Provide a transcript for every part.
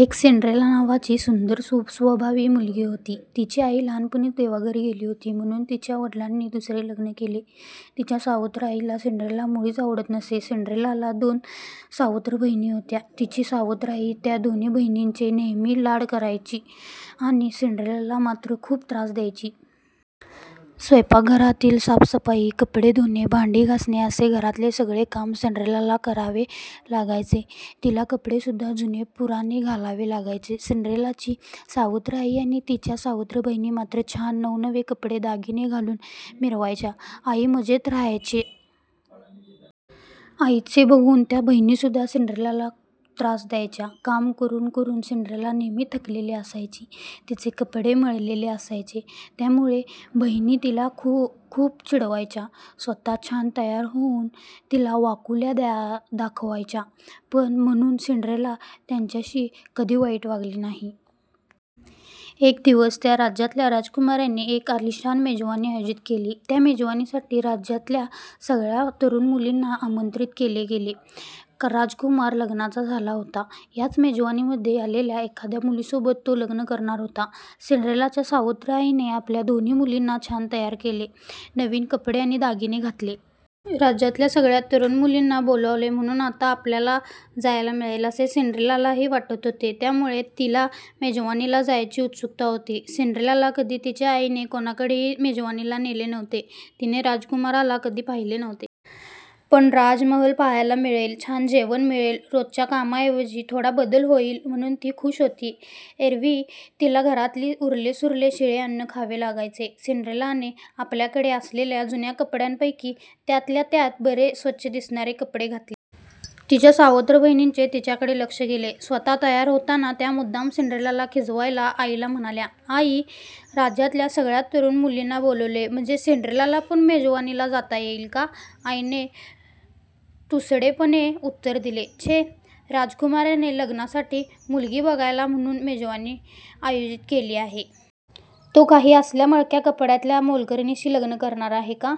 एक सिंड्रेला नावाची सुंदर सुस्वभावी मुलगी होती. तिची आई लहानपणीच देवाघरी गेली होती. म्हणुन तिच्या वडिलांनी दुसरे लग्न केले. तिच्या सावत्र आईला सिंड्रेला मुळीच आवडत नसे. सिंड्रेलाला दोन सावत्र बहिणी होत्या. तिची सावत्र आई त्या दोन बहिणींचेच नेहमी लाड करायची, आणि सिंड्रेलाला मात्र खुप त्रास द्यायची. स्वयंपाक, घराची साफसफाई, कपडे धुणे, भांडे घासणे असे घरातले सगळे काम सिंड्रेलाला करावे लागायचे. तिला कपडे सुद्धा जुनेपुराणे घालावे लागायचे. सिंड्रेलाची सावत्र आई आणि तिच्या सावत्र बहिणी मात्र छान नवनवे कपडे दागिने घालुन मिरवायच्या आई मजेत राहायच्या. आईचे बघुन त्या बहिणीसुद्धा सिंड्रेलाला त्रास द्यायच्या. काम करून करून सिंड्रेला नेहमी थकलेली असायची, तिचे कपडे मळलेले असायचे, त्यामुळे बहिणी तिला खुप चिडवायच्या. स्वतः छान तयार होऊन तिला वाकुल्या दाखवायच्या. पण म्हणुन सिंड्रेला त्यांच्याशी कधी वाईट वागली नाही. एक दिवस त्या राज्यातल्या राजकुमाराने एक आलिशान मेजवानी आयोजित केली. त्या मेजवानीसाठी राज्यातल्या सगळ्या तरुण मुलींना आमंत्रित केले गेले. राजकुमार लग्नाचा झाला होता. याच मेजवानीमध्ये आलेल्या एखाद्या मुलीसोबत तो लग्न करणार होता. सिंड्रेलाच्या सावत्र आईने आपल्या दोन्ही मुलींना छान तयार केले, नवीन कपडे आणि दागिने घातले. राज्यातल्या सगळ्या तरुण मुलींना बोलावले म्हणुन आता आपल्याला जायला मिळेल असे सिंड्रेलालाही वाटत होते. त्यामुळे तिला मेजवानीला जायची उत्सुकता होती. सिंड्रेलाला कधी तिच्या आईने कोणाकडेही मेजवानीला नेले नव्हते. तिने राजकुमाराला कधी पाहिले नव्हते. पण राजमहाल पाहायला मिळेल, छान जेवण मिळेल, रोजच्या कामाऐवजी थोडा बदल होईल म्हणुन ती खुश होती. एरवी तिला घरातले उरलेसुरले शिळे अन्नच खावे लागायचे. सिंड्रेलाने आपल्याकडे असलेल्या जुन्या कपड्यांपैकी त्यातल्या त्यात बरे स्वच्छ दिसणारे कपडे घातले. तिच्या सावत्र बहिणींचे तिच्याकडे लक्ष गेले. स्वतः तयार होताना त्या मुद्दाम सिंड्रेलाला खिजवायला आईला म्हणाल्या. आई, राज्यातल्या सगळ्या तरुण मुलींना बोलावलंय म्हणजे सिंड्रेलाला पण मेजवानीला जाता येईल का? आईने तुसडेपणे उत्तर दिले. छे राजकुमाराने लग्नासाठी मुली बघायला म्हणुन मेजवानी आयोजित केली आहे. तो काही असल्या मळक्या कपड्यातल्या मोलकरणीशी लग्न करणार आहे का?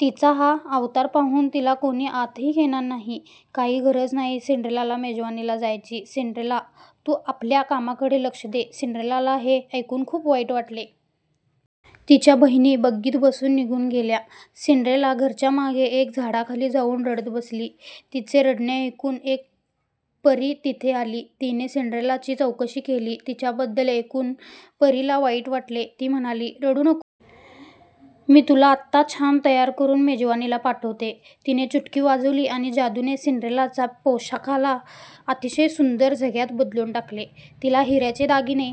तिचा हा अवतार पाहुन तिला कोणी आतही घेणार नाही. काही गरज नाही सिंड्रेलाला मेजवानीला जायची. सिंड्रेला तु आपल्या कामाकडे लक्ष दे. सिंड्रेलाला हे ऐकुन खुप वाईट वाटले. तिच्या बहिणी बग्गीत बसुन निघुन गेल्या. सिंड्रेला घराच्या मागे एका झाडाखाली जाऊन रडत बसली. तिचे रडणे ऐकुन एक परी तिथे आली. तिने सिंड्रेलाची चौकशी केली. तिच्याबद्दल ऐकुन परीला वाईट वाटले. ती म्हणाली. रडु नकोस. मी तुला आत्ता छान तयार करून मेजवानीला पाठवते. तिने चुटकी वाजवली आणि जादूने सिंड्रेलाचा पोशाखाला अतिशय सुंदर झग्यात बदलुन टाकले, तिला हिऱ्यांचे दागिने